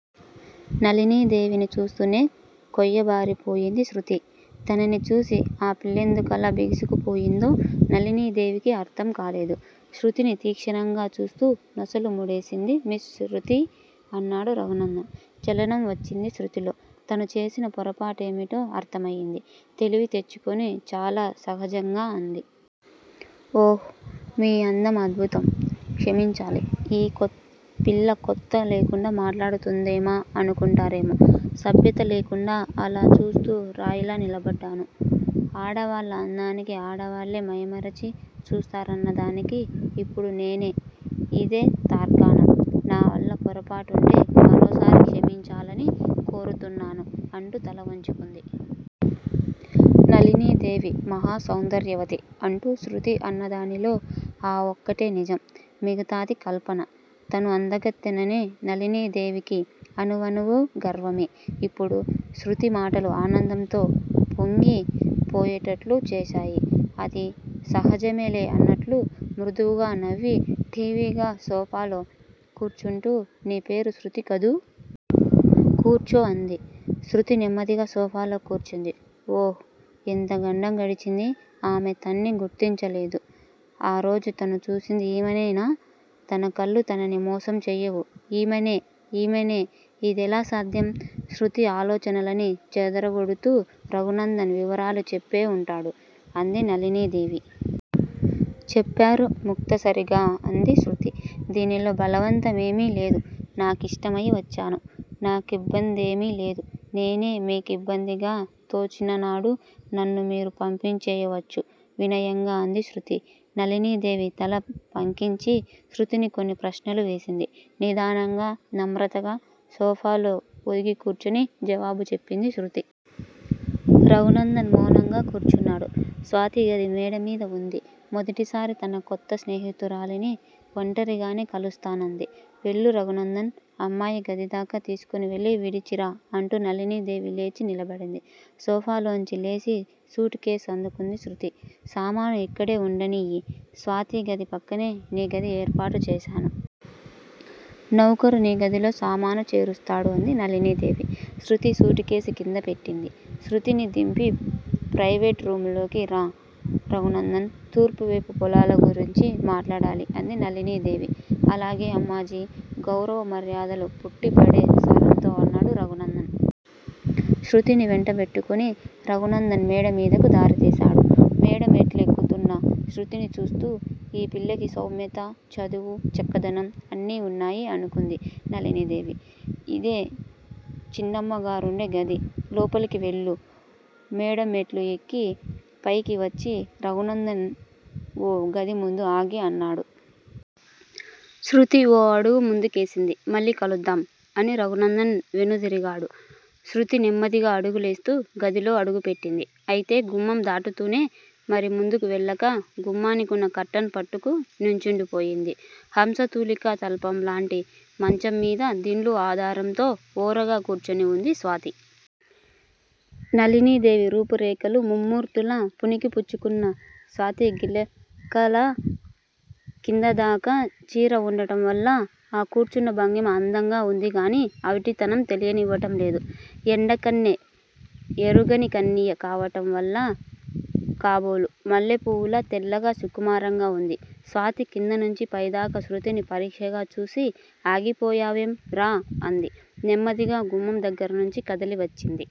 నళినీదేవిని చూస్తూనే కొయ్యబారిపోయింది శృతి. తనని చూసి ఆ పిల్లెందుకలా బిగుసుపోయిందో నళినీదేవికి అర్థం కాలేదు. శృతిని తీక్షణంగా చూస్తూ నొసలు ముడేసింది. మిస్ శృతీ! అన్నాడు రఘునందన్. చలనం వచ్చింది శృతిలో తను చేసిన పొరపాటేమిటో అర్థమయింది. తెలివి తెచ్చుకొని చాలా సహజంగా అంది. ఓహ్. మీ అందం అద్భుతం, క్షమించాలి. ఈ కొత్త పిల్ల కొత్త లేకుండా మాట్లాడుతుందేమా అనుకుంటారేమో. సభ్యత లేకుండా అలా చూస్తూ రాయిలా నిలబడ్డాను. ఆడవాళ్ళ అందానికి ఆడవాళ్ళే మైమమరచి చూస్తారన్నదానికి ఇప్పుడు నేనే ఇదే తార్కాణం. నావల్ల పొరపాటుంటే మరోసారి క్షమించాలని కోరుతున్నాను. అంటూ తలవంచుకుంది. నళినీదేవి మహాసౌందర్యవతి అంటూ శృతి అన్నదానిలో ఆ ఒక్కటే నిజం, మిగతాది కల్పన. తను అందగత్తెనని నళినీదేవికి అణువణువూ గర్వమే. ఇప్పుడు శృతి మాటలు ఆనందంతో పొంగి పోయేటట్లు చేశాయి. అది సహజమేలే అన్నట్లు మృదువుగా నవ్వి ఠీవిగా సోఫాలో కూర్చుంటూ నీ పేరు శృతి కదూ! కూర్చో అంది. శృతి నెమ్మదిగా సోఫాలో కూర్చుంది. ఓహ్. ఎంత గండం గడిచింది! ఆమె తన్ని గుర్తించలేదు. ఆరోజు తను చూసింది ఈమెనేనా? తన కళ్ళు తనని మోసం చెయ్యవు ఈమెనే ఈమెనే ఇదెలా సాధ్యం? శృతి ఆలోచనలని చెదరగొడుతూ రఘునందన్ వివరాలు చెప్పే వుంటాడు, అంది నళినీదేవి. చెప్పారు ముక్తసరిగా అంది శృతి. దీనిలో బలవంతమేమీ లేదు. నా కిష్టమయి వచ్చాను. నా కిబ్బందేమీ లేదు. నేనే మీ కిబ్బందిగా తోచిననాడు నన్ను మీరు పంపించేయవచ్చు, వినయంగా అంది శృతి. నళినీదేవి తల పంకించి శృతిని కొన్ని ప్రశ్నలు వేసింది. నిదానంగా నమ్రతగా సోఫాలో ఒదిగి కూర్చుని జవాబుచెప్పింది శృతి. రఘునందన్ మౌనంగా కూర్చున్నాడు. స్వాతిగది మేడమీద వుంది. మొదటిసారి తన కొత్త స్నేహితురాలిని వంటరిగానే కలుస్తానంది, వెళ్ళు రఘు నందన్! అమ్మాయి గదిదాకా తీసుకువెళ్ళి విడిచిరా అంటూ నళినీదేవి లేచి నిలబడింది. సోఫాలోంచి లేచి సూట్ కేసు అందుకుంది శృతి. సామాను ఇక్కడే వుండనియ్యి. స్వాతిగది పక్కనే నీ గది ఏర్పాటు చేశాను. నౌకరు నీ గదిలో సామాను చేరుస్తాడు అంది నళినీదేవి. శృతి సూట్ కేసు కింద పెట్టింది. శృతిని దింపి ప్రయివేట్ రూమ్ లోకి ర రఘునందన్! తూర్పువేపు పొలాల గురించి మాట్లాడాలి అంది నళినీదేవి. అలాగే అమ్మాజీ! గౌరవ మర్యాదలు పుట్టిపడే స్వరంతో అన్నాడు రఘునందన్. శృతిని వెంటబెట్టుకుని రఘునందన్ మేడమీదకు దారి తీశాడు. మేడమెట్లెక్కుతున్న శృతిని చూస్తూ ఈ పిల్లకి సౌమ్యత, చదువు. చక్కదనం అన్నీ వున్నాయి అనుకుంది నళినీదేవి. ఇదే చిన్నమ్మగారుండే గది. లోపలికి వెళ్ళు మేడ మెట్లు ఎక్కి పైకి వచ్చి రఘునందన్ ఓగది ముందు ఆగి అన్నాడు. శృతి ఓ అడుగు ముందు కేసింది. మళ్ళీ కలుద్దాం. అని రఘునందన్ వెనుతిరిగాడు. శృతి నెమ్మదిగా అడుగులేస్తూ గదిలో అడుగుపెట్టింది. అయితే గుమ్మం దాటుతూనే మరి ముందుకి వెళ్ళక గుమ్మానికున్న కర్టెన్ పట్టుకు నుంచుండిపోయింది. హంసతూలికా తల్పంలాంటి మంచంమీద దిండ్లు ఆధారంతో ఓరగా కూర్చుని వుంది స్వాతి. నళినీ దేవి రూపురేఖలు ముమ్మూర్తులా పుణికి పుచ్చుకున్న స్వాతి గిలకల కిందదాకా చీర వుండటంవల్ల ఆ కూర్చున్న భంగిమ అందంగా వుందిగాని అవిటితనం తెలియనివ్వటంలేదు. ఎండకన్నె ఎరుగనికన్నియ కావటంవల్ల కాబోలు మల్లెపువ్వులా తెల్లగా సుకుమారంగా వుంది. స్వాతి కిందనుంచీ పైదాకా శృతిని పరీక్షగా చూసి ఆగిపోయావేం, రా! అంది. నెమ్మదిగా గుమ్మం దగ్గరనుంచి కదిలివచ్చింది